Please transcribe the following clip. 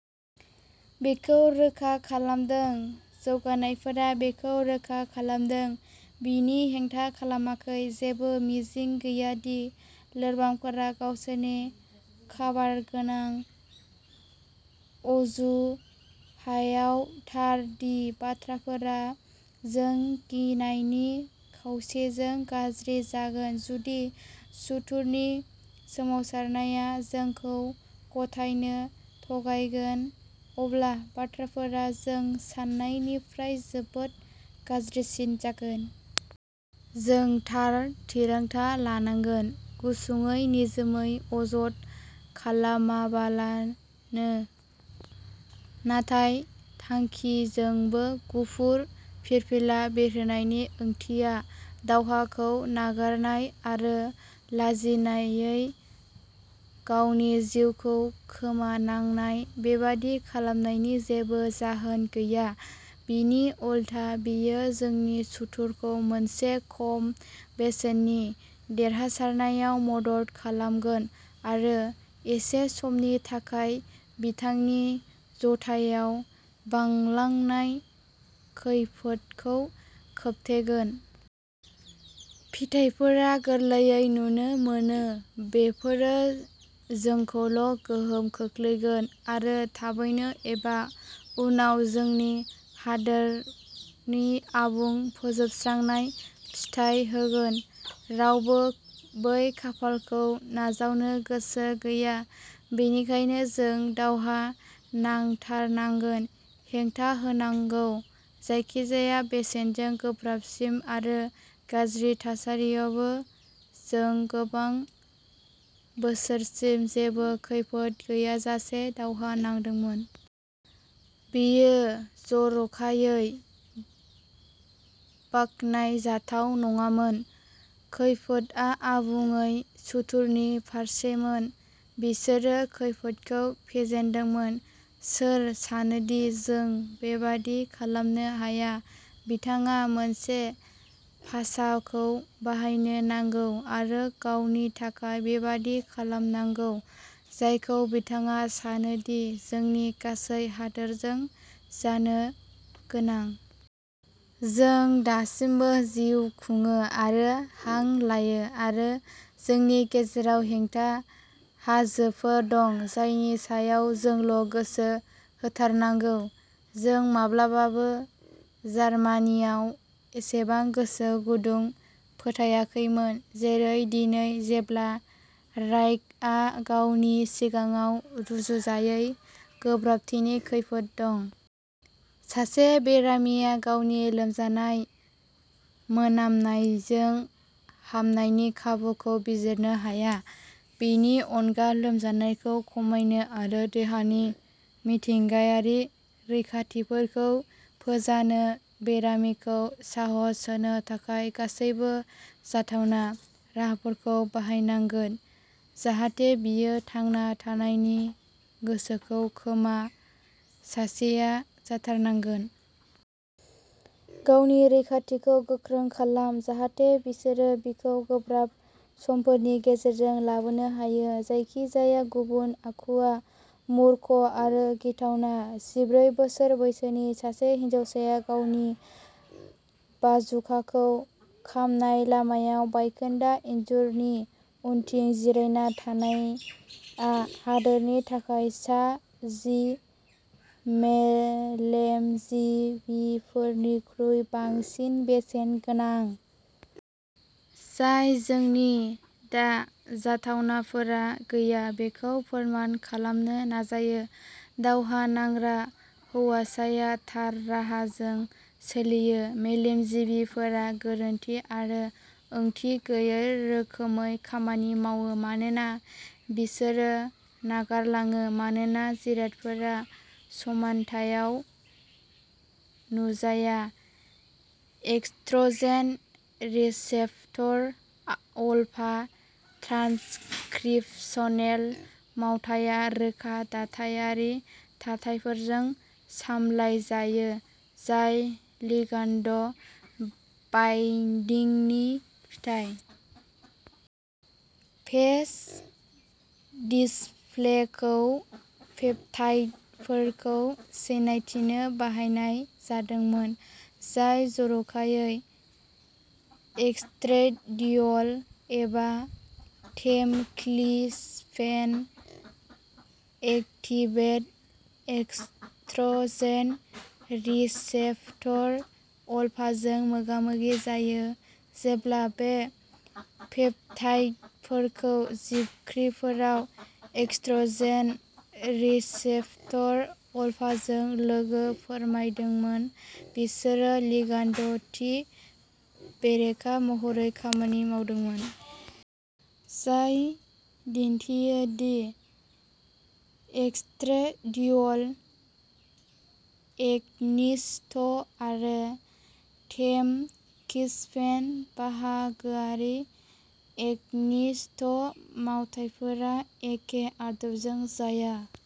बेखौ रोखा खालामदों। जौगानायफोरा बेखौ रोखा खालामदों। बिनि हेंथा खालामाखै। जेबो मिजिं गैया दि लोरबांफोरा गावसोरनि काबारगोनां अजुहायाव थार दि बाथ्राफोरा जों गिनायनि खावसेजों गाज्रि जागोन। जुदि सुथुरनि सोमावसारनाया जोंखौ गथायनो थगायगोन, अब्ला बाथ्राफोरा जों सान्नायनिफ्राय जोबोद गाज्रिसिन जागोन। जों थार थिरांथा लानांगोन। गुसुङै, निजोमयै, अजद खालामालाबानो। नाथाय थांखिजोंबो गुफुर फिरफिला बिरहोनायनि ओंथिया दावहाखौ नागारनाय आरो लाजिनायै गावनि जिउखौ खोमानांनाय। बेबादि खालामनायनि जेबो जाहोन गैया। बिनि उलथा बेयो जोंनि सुथुरखौ मोनसे खम बेसेननि देरहासारनायाव मदद खालामगोन आरो एसे समनि थाखाय बिथांनि जथायाव बांलांनाय खैफोदखौ खोबथेगोन। फिथायफोरा गोरलैयै नुनो मोनो। बेफोरो जोंखौल' गोहोम खोख्लैगोन आरो थाबैनो एबा उनाव जोंनि हादोरनि आबुं फोजोबस्रांनाय फिथाय होगोन। रावबो बै खाफालखौ नाजावनो गोसो गैया। बेनिखायनो जों दावहा नांथारनांगोन, हेंथा होनांगौ। जायखिजाया बेसेनजों गोब्राबसिन आरो गाज्रि थासारियावबो जों गोबां बोसोरसिम जेबो खैफोद गैयाजासे दावहा नांदोंमोन। बेयो जर'खायै बाखनाय जाथाव नङामोन। खैफोदआ आबुङै सुथुरनि फारसेमोन। बिसोरो खैफोदखौ फेजेनदोंमोन। सोर सानोदि जों बेबादि खालामनो हाया? बिथाङा मोनसे फासाखौ बाहायनो नांगौ आरो गावनि थाखाय बेबादि खालामनांगौ जायखौ बिथाङा सानो दि जोंनि गासै हादोरजों जानो गोनां। जों दासिमबो जिउ खुङो आरो हां लायो आरो जोंनि गेजेराव हेंथा हाजोफोर दं जायनि सायाव जोंल' गोसो होथारनांगौ। जों माब्लाबाबो जार्मानियाव एसेबां गोसो गुदुं फोथायाखैमोन जेरै दिनै जेब्ला राइखआ गावनि सिगाङाव रुजुजायै गोब्राबथिनि खैफोद दं। सासे बेरामिया गावनि लोमजानाय मोनामनायजों हामनायनि खाबुखौ बिजिरनो हाया। बेनि अनगा लोमजानायखौ खमायनो आरो देहानि मिथिंगायारि रैखाथिफोरखौ फोजानो बेरामिखौ साहस होनो थाखाय गासैबो जाथावना राहाफोरखौ बाहायनांगोन जाहाथे बियो थांना थानायनि गोसोखौ खोमा सासेआ जाथारनांगोन। गावनि रैखाथिखौ गोख्रों खालाम जाहाथे बिसोरो बिखौ गोब्राब समफोरनि गेजेरजों लाबोनो हायो। जायखिजाया गुबुन आखुआ मुर्ख आरो गिथावना। जिब्रै बोसोर बैसोनि सासे हौवासाया गावनि बाजुकाखौ खामनाय लामायाव बायखोन्दा इनजुरनि उनथिं जिरायना थानायआ हादोरनि थाखाय सा जि मेलेमजिबिफोरनिख्रुइ बांसिन बेसेन गोनां। जाय जोंनि दा जाथावनाफोरा गैया बेखौ फोरमान खालामनो नाजायो। दावहा नांग्रा हौवासाया थार राहाजों सोलियो, मेलेमजिबिफोरा गोरोन्थि आरो ओंथि गैयै रोखोमै खामानि मावो मानोना बिसोरो नागारलाङो मानोना जिरादफोरा समान्थायाव नुजाया। एस्ट्रजेन रिसेप्टर अलफा ट्रानसक्रिप्शनेल मावथाया रोखा दाथायारि थाथायफोरजों सामलायजायो जाय लिगान्द बाइनदिंनि फिथाय। फेज डिसप्लेखौ पेप्टाइडफोरखौ सिनायथिनो बाहायनाय जादोंमोन जाय जर'खायै एस्ट्रेडियल एबा टेम'क्सिफेन एक्टिभेट एस्ट्रजेन रिसेप्टर अलफाजों मोगामोगि जायो। जेब्ला बे पेप्टाइडफोरखौ जिबख्रिफोराव एस्ट्रजेन रिसेप्टर अलफाजों लोगो फोरमायदोंमोन। बिसोरो लिगान्द थि बेरेखा महरै खामानि मावदोंमोन। जाय दिनथियो दि एस्ट्रेडियल एगनिस्ट आरो टेम'क्सिफेन बाहागोआरि एगनिस्ट मावथायफोरा एखे आदबजों जाया।